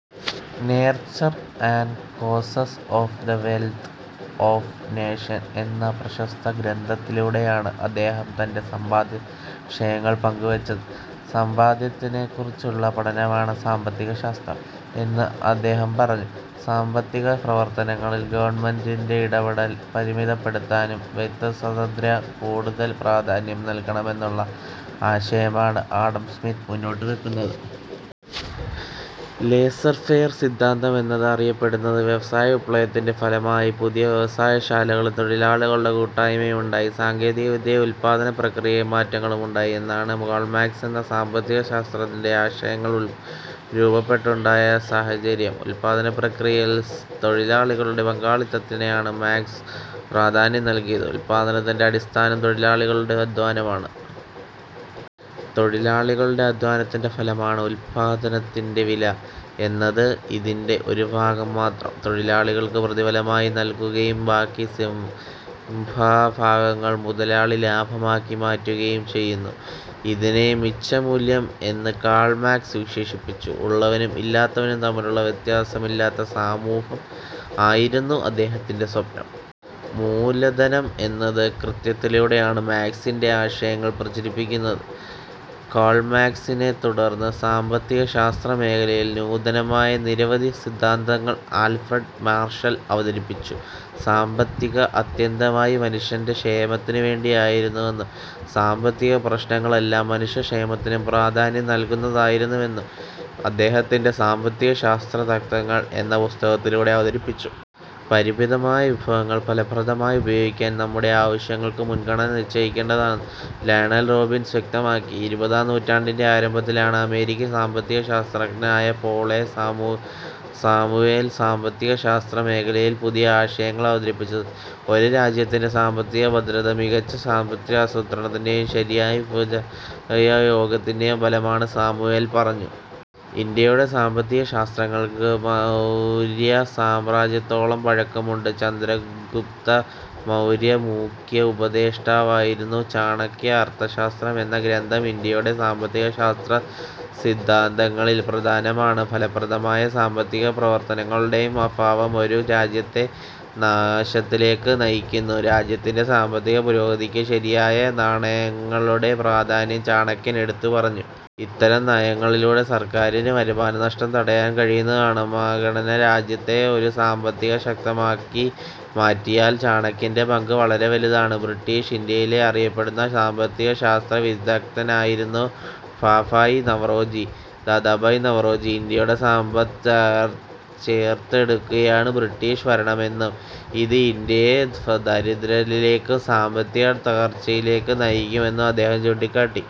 'Nature and causes of the wealth of nations' എന്ന പ്രശസ്ത ഗ്രന്ഥത്തിലൂടെയാണ് അദ്ദേഹം തന്റെ സാമ്പത്തികാശയങ്ങൾ പങ്കുവച്ചത്. സമ്പത്തിനെക്കുറിച്ചുള്ള പഠനമാണ് സാമ്പത്തികശാസ്ത്രം എന്ന് അദ്ദേഹം പറഞ്ഞു. സാമ്പത്തിക പ്രവർത്തനങ്ങളിൽ ഗവൺമെന്റിന്റെ ഇടപെടൽ പരിമിതപ്പെടുത്തണമെന്നും വ്യക്തിസ്വാതന്ത്ര്യത്തിന് കൂടുതൽ പ്രാധാന്യം നൽകണമെന്നുമുള്ള ആശയമാണ് ആഡം സ്മിത്ത് മുന്നോട്ടുവച്ചത്. ഇത് ലെസേഫെയർ സിദ്ധാന്തം എന്നാണ് അറിയപ്പെടുന്നത്. വ്യവസായവിപ്ലവത്തിന്റെ ഫലമായി പുതിയ വ്യവസായശാലകളും തൊഴിലാളികളുടെ കൂട്ടായ്മകളും ഉണ്ടായി. സാങ്കേതിക വിദ്യയിലും ഉൽപ്പാദന പ്രക്രിയയിലും മാറ്റങ്ങളുണ്ടായി. ഇതാണ് കാൾ മാർക്സ് എന്ന സാമ്പത്തികശാസ്ത്രജ്ഞന്റെ ആശയങ്ങൾ രൂപപ്പെടുവാനുണ്ടായ സാഹചര്യം. ഉൽപ്പാദനപ്രക്രിയയിൽ തൊഴിലാളികളുടെ പങ്കാളിത്തത്തിനാണ് മാർക്സ് പ്രാധാന്യം നൽകിയത്. ഉല്പാദനത്തിന്റെ അടിസ്ഥാനം തൊഴിലാളികളുടെ അധ്വാനമാണ്. തൊഴിലാളികളുടെ അധ്വാനത്തിന്റെ പ്രതിഫലമാണ് ഉല്പന്നത്തിന്റെ വില. എന്നാൽ ഇതിന്റെ ഒരു ഭാഗം മാത്രം തൊഴിലാളിക്കു പ്രതിഫലമായി നൽകുകയും ബാക്കി സിംഹഭാഗവും മുതലാളി ലാഭമാക്കി മാറ്റുകയും ചെയ്യുന്നു. ഇതിനെ മിച്ചമൂല്യം എന്ന് കാൾ മാർക്സ് വിശേഷിപ്പിച്ചു. ഉള്ളവനും ഇല്ലാത്തവനും തമ്മിലുള്ള വ്യത്യാസങ്ങളില്ലാത്ത സമൂഹം ആയിരുന്നു അദ്ദേഹത്തിന്റെ സ്വപ്നം. മൂലധനം എന്ന കൃതിയിലൂടെയാണ് മാർക്സ് തന്റെ ആശയങ്ങൾ പ്രചരിപ്പിച്ചത്. കാൾ മാർക്സിനെത്തുടർന്ന് സാമ്പത്തികശാസ്ത്ര മേഖലയിൽ നൂതനമായ നിരവധി സിദ്ധാന്തങ്ങൾ ആൽഫ്രഡ് മാർഷൽ അവതരിപ്പിച്ചു. സമ്പത്ത് ആത്യന്തികമായി മനുഷ്യന്റെ ക്ഷേമത്തിനു വേണ്ടിയായിരിക്കണമെന്നും സാമ്പത്തിക പ്രവർത്തനങ്ങളെല്ലാം മനുഷ്യ ക്ഷേമത്തിനു പ്രാധാന്യം നൽകുന്നതായിരിക്കണമെന്നും അദ്ദേഹത്തിന്റെ സാമ്പത്തികശാസ്ത്ര തത്വങ്ങൾ' എന്ന പുസ്തകത്തിലൂടെ അവതരിപ്പിച്ചു. പരിമിതമായ വിഭവങ്ങൾ ഫലപ്രദമായി ഉപയോഗിക്കാൻ നമ്മുടെ ആവശ്യങ്ങൾക്ക് മുൻഗണന നിശ്ചയിക്കേണ്ടതാണെന്ന് ലയണൽ റോബിൻസ് വ്യക്തമാക്കി. ഇരുപതാം നൂറ്റാണ്ടിന്റെ ആരംഭത്തിലാണ് അമേരിക്കൻ സാമ്പത്തിക ശാസ്ത്രജ്ഞനായ പോൾ എ. സാമുവൽസൺ സാമ്പത്തിക ശാസ്ത്രമേഖലയിൽ പുതിയ ആശയങ്ങൾ അവതരിപ്പിച്ചത്. ഒരു രാജ്യത്തിന്റെ സാമ്പത്തിക ഭദ്രത, മികച്ച സാമ്പത്തികാസൂത്രണത്തിന്റെയും ശരിയായ വിഭവവിനിയോഗത്തിന്റെയും ഫലമാണെന്ന് സാമുവൽസൺ പറഞ്ഞു. ഇന്ത്യയുടെ സാമ്പത്തിക ശാസ്ത്രആശയങ്ങൾക്ക് മൗര്യസാമ്രാജ്യത്തോളം പഴക്കമുണ്ട്. ചന്ദ്രഗുപ്ത മൗര്യന്റെ മുഖ്യ ഉപദേഷ്ടാവായിരുന്ന ചാണക്യന്റെ അർത്ഥശാസ്ത്രം എന്ന ഗ്രന്ഥം ഇന്ത്യയുടെ സാമ്പത്തികശാസ്ത്ര സിദ്ധാന്തങ്ങളിൽ പ്രധാനമാണ്. ഫലപ്രദമായ സാമ്പത്തിക പ്രവർത്തനങ്ങളുടെ അഭാവം ഒരു രാജ്യത്തെ നാശത്തിലേക്ക് നയിക്കുന്നു. രാജ്യത്തിന്റെ സാമ്പത്തിക പുരോഗതിക്ക് ശരിയായ നയങ്ങളുടെ പ്രാധാന്യം ചാണക്യൻ എടുത്തു പറഞ്ഞു. ഇത്തരം നയങ്ങളിലൂടെ സർക്കാരിന് വരുമാനനഷ്ടം തടയാൻ കഴിയുന്നതാണ്. മഗധയെന്ന രാജ്യത്തെ ഒരു സാമ്പത്തിക ശക്തിയാക്കി മാറ്റിയതിൽ ചാണക്യന്റെ പങ്ക് വളരെ വലുതായിരുന്നു. ബ്രിട്ടീഷ് ഇന്ത്യയിലെ അറിയപ്പെടുന്ന സാമ്പത്തിക ശാസ്ത്ര വിദഗ്ധനായിരുന്നു ദാദാഭായ് നവറോജി. ഇന്ത്യയുടെ സമ്പത്ത് ചോർത്തിയെടുക്കുന്നതാണ് ബ്രിട്ടീഷ് ഭരണമെന്നും, ഇത് ഇന്ത്യയെ ദാരിദ്ര്യത്തിലേക്കും സാമ്പത്തിക തകർച്ചയിലേക്കും നയിച്ചുവെന്നും അദ്ദേഹം ചൂണ്ടിക്കാട്ടി.